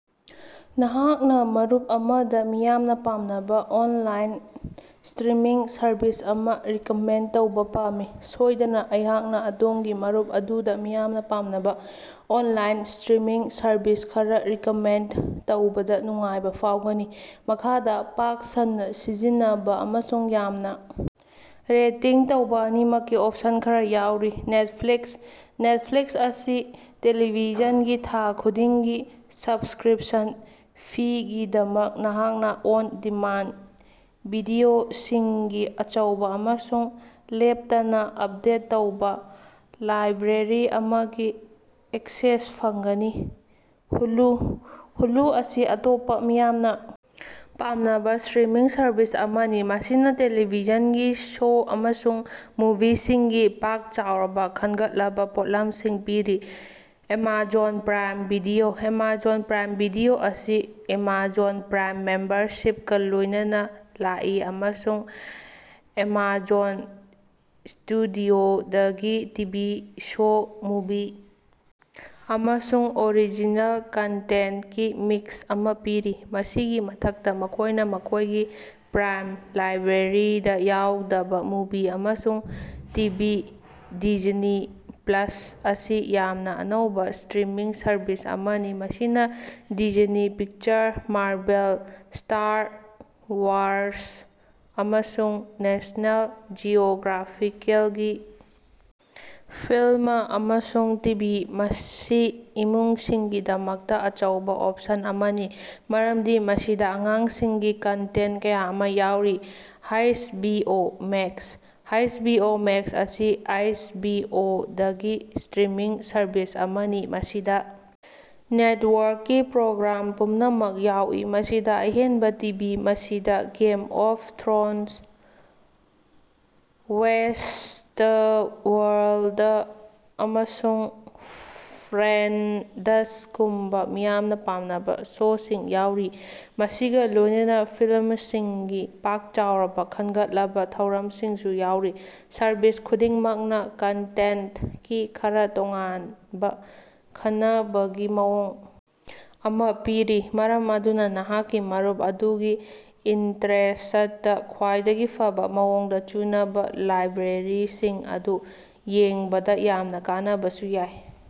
ꯅꯍꯥꯛꯅ ꯃꯔꯨꯞ ꯑꯃꯗ ꯃꯤꯌꯥꯝꯅ ꯄꯥꯝꯅꯕ ꯑꯣꯟꯂꯥꯏꯟ ꯁ꯭ꯇꯔꯤꯃꯤꯡ ꯁꯔꯚꯤꯁ ꯑꯃ ꯔꯤꯀꯃꯦꯟꯗ ꯇꯧꯕ ꯄꯥꯝꯃꯤ꯫ ꯁꯣꯏꯗꯅ, ꯑꯩꯍꯥꯛꯅ ꯑꯗꯣꯝꯒꯤ ꯃꯔꯨꯞ ꯑꯗꯨꯗ ꯃꯤꯌꯥꯝꯅ ꯄꯥꯝꯅꯕ ꯑꯣꯟꯂꯥꯏꯟ ꯁ꯭ꯇꯔꯤꯃꯤꯡ ꯁꯔꯚꯤꯁ ꯈꯔꯥ ꯔꯤꯀꯃꯦꯟꯗ ꯇꯧꯕꯗ ꯅꯨꯡꯉꯥꯏꯕ ꯐꯥꯎꯒꯅꯤ꯫ ꯃꯈꯥꯗ ꯄꯥꯛ ꯁꯟꯅꯥ ꯁꯤꯖꯤꯟꯅꯕ ꯑꯃꯁꯨꯡ ꯌꯥꯝꯅ ꯔꯦꯇꯤꯡ ꯇꯧꯕ ꯑꯅꯤꯃꯛꯀꯤ ꯑꯣꯞꯁꯟ ꯈꯔꯥ ꯌꯥꯎꯔꯤ, ꯅꯦꯠꯐ꯭ꯂꯤꯛꯁ - ꯅꯦꯠꯐ꯭ꯂꯤꯛꯁ ꯑꯁꯤ ꯇꯦꯂꯤꯚꯤꯖꯟꯒꯤ ꯊꯥ ꯈꯨꯗꯤꯡꯒꯤ ꯁꯕꯁꯀ꯭ꯔꯤꯞꯁꯟ ꯐꯤꯒꯤꯗꯃꯛ, ꯅꯍꯥꯛꯅ ꯑꯣꯟ-ꯗꯤꯃꯥꯟꯗ ꯚꯤꯗꯤꯑꯣꯁꯤꯡꯒꯤ ꯑꯆꯧꯕ ꯑꯃꯁꯨꯡ ꯂꯦꯞꯇꯅ ꯑꯞꯗꯦꯠ ꯇꯧꯕ ꯂꯥꯏꯕ꯭ꯔꯦꯔꯤ ꯑꯃꯒꯤ ꯑꯦꯛꯁꯦꯁ ꯐꯪꯒꯅꯤ꯫ ꯍꯨꯂꯨ - ꯍꯨꯂꯨ ꯑꯁꯤ ꯑꯇꯣꯞꯄ ꯃꯤꯌꯥꯝꯅ ꯄꯥꯝꯅꯕ ꯁ꯭ꯇꯔꯤꯃꯤꯡ ꯁꯔꯚꯤꯁ ꯑꯃꯅꯤ ꯃꯁꯤꯅ ꯇꯦꯂꯤꯚꯤꯖꯟꯒꯤ ꯁꯣ ꯑꯃꯁꯨꯡ ꯃꯨꯚꯤꯁꯤꯡꯒꯤ ꯄꯥꯛ ꯆꯥꯎꯔꯕ ꯈꯟꯒꯠꯂꯕ ꯄꯣꯠꯂꯝꯁꯤꯡ ꯄꯤꯔꯤ꯫ Amazon Prime video - Amazon Prime video ꯑꯁꯤ ꯑꯦꯃꯥꯖꯣꯟ ꯄ꯭ꯔꯥꯏꯝ ꯃꯦꯝꯕꯔꯁꯤꯞꯀ ꯂꯣꯏꯅꯅ ꯂꯥꯛꯏ, ꯑꯃꯁꯨꯡ ꯑꯦꯃꯥꯖꯣꯟ ꯁ꯭ꯇꯨꯗꯤꯑꯣꯗꯒꯤ ꯇꯤꯚꯤ ꯁꯣ, ꯃꯨꯚꯤ, ꯑꯃꯁꯨꯡ ꯑꯣꯔꯤꯖꯤꯅꯦꯜ ꯀꯟꯇꯦꯟꯇꯀꯤ ꯃꯤꯛꯁ ꯑꯃ ꯄꯤꯔꯤ꯫ ꯃꯁꯤꯒꯤ ꯃꯊꯛꯇ, ꯃꯈꯣꯏꯅ‌ ꯃꯈꯣꯏꯒꯤ ꯄ꯭ꯔꯥꯏꯝ ꯂꯥꯏꯕ꯭ꯔꯦꯔꯤꯗ ꯌꯥꯎꯗꯕ ꯃꯨꯚꯤ ꯑꯃꯁꯨꯡ ꯇꯤꯚꯤ ꯗꯤꯖꯅꯤ ꯄ꯭ꯂꯁ ꯑꯁꯤ ꯌꯥꯝꯅ ꯑꯅꯧꯕ ꯁ꯭ꯇꯔꯤꯃꯤꯡ ꯁꯔꯚꯤꯁ ꯑꯃꯅꯤ ꯃꯁꯤꯅ Disney, Pixar, Marvel, Star Wars, ꯑꯃꯁꯨꯡ ꯅꯦꯁ꯭ꯅꯦꯜ ꯖꯤꯑꯣꯒ꯭ꯔꯥꯐꯤꯀꯦꯜꯒꯤ ꯐꯤꯜꯃ ꯑꯃꯁꯨꯡ ꯇꯤꯚꯤ ꯃꯁꯤ ꯏꯃꯨꯡꯁꯤꯡꯒꯤꯗꯃꯛꯇ ꯑꯆꯧꯕ‌ ꯑꯣꯞꯁꯟ ꯑꯃꯅꯤ, ꯃꯔꯝꯗꯤ ꯃꯁꯤꯗ ꯑꯉꯥꯡꯁꯤꯡꯒꯤ ꯀꯟꯇꯦꯟꯇ ꯀꯌꯥ ꯑꯃ ꯌꯥꯎꯔꯤ꯫ H B O Max - H B O Max ꯑꯁꯤ ꯑꯩꯆ ꯕꯤ ꯑꯣ ꯗꯒꯤ ꯁ꯭ꯇꯔꯤꯃꯤꯡ ꯁꯔꯚꯤꯁ ꯑꯃꯅꯤ ꯃꯁꯤꯗ ꯅꯦꯠꯋꯥꯔꯛꯀꯤ ꯄ꯭ꯔꯣꯒ꯭ꯔꯥꯝ ꯄꯨꯝꯅꯃꯛ ꯌꯥꯎꯏ, ꯃꯁꯤꯗ ꯑꯍꯦꯟꯕ ꯇꯤꯚꯤ ꯃꯁꯤꯗ ꯒꯦꯝ ꯑꯣꯐ ꯊ꯭ꯔꯣꯟꯁ, ꯋꯦꯁ꯭ꯇꯋꯔꯜꯗ, ꯑꯃꯁꯨꯡ ꯐ꯭ꯔꯦꯟꯗꯁꯒꯨꯝꯕ ꯃꯤꯌꯥꯝꯅ ꯄꯥꯝꯅꯕ ꯁꯣꯁꯤꯡ ꯌꯥꯎꯔꯤ, ꯃꯁꯤꯒ ꯂꯣꯏꯅꯅ ꯐꯤꯜꯃꯁꯤꯡꯒꯤ ꯄꯥꯛ ꯆꯥꯎꯔꯕ ꯈꯟꯒꯠꯂꯕ ꯊꯧꯔꯝꯁꯤꯡꯁꯨ ꯌꯥꯎꯔꯤ꯫ ꯁꯔꯚꯤꯁ ꯈꯨꯗꯤꯡꯃꯛꯅ ꯀꯟꯇꯦꯟꯇꯀꯤ ꯈꯔꯥ ꯇꯣꯉꯥꯟꯕ ꯈꯅꯕꯒꯤ ꯃꯑꯣꯡ ꯑꯃ ꯄꯤꯔꯤ, ꯃꯔꯝ ꯑꯗꯨꯅ ꯅꯍꯥꯛꯀꯤ ꯃꯔꯨꯞ ꯑꯗꯨꯒꯤ ꯏꯟꯇ꯭ꯔꯦꯁꯠꯇꯥ ꯈ꯭ꯋꯥꯏꯗꯒꯤ ꯐꯕꯥ ꯃꯑꯣꯡꯗ ꯆꯨꯅꯕꯥ ꯂꯥꯏꯕ꯭ꯔꯦꯔꯤꯁꯤꯡ ꯑꯗꯨ ꯌꯦꯡꯕꯗ ꯌꯥꯝꯅ‌ ꯀꯥꯟꯅꯕꯁꯨ ꯌꯥꯏ꯫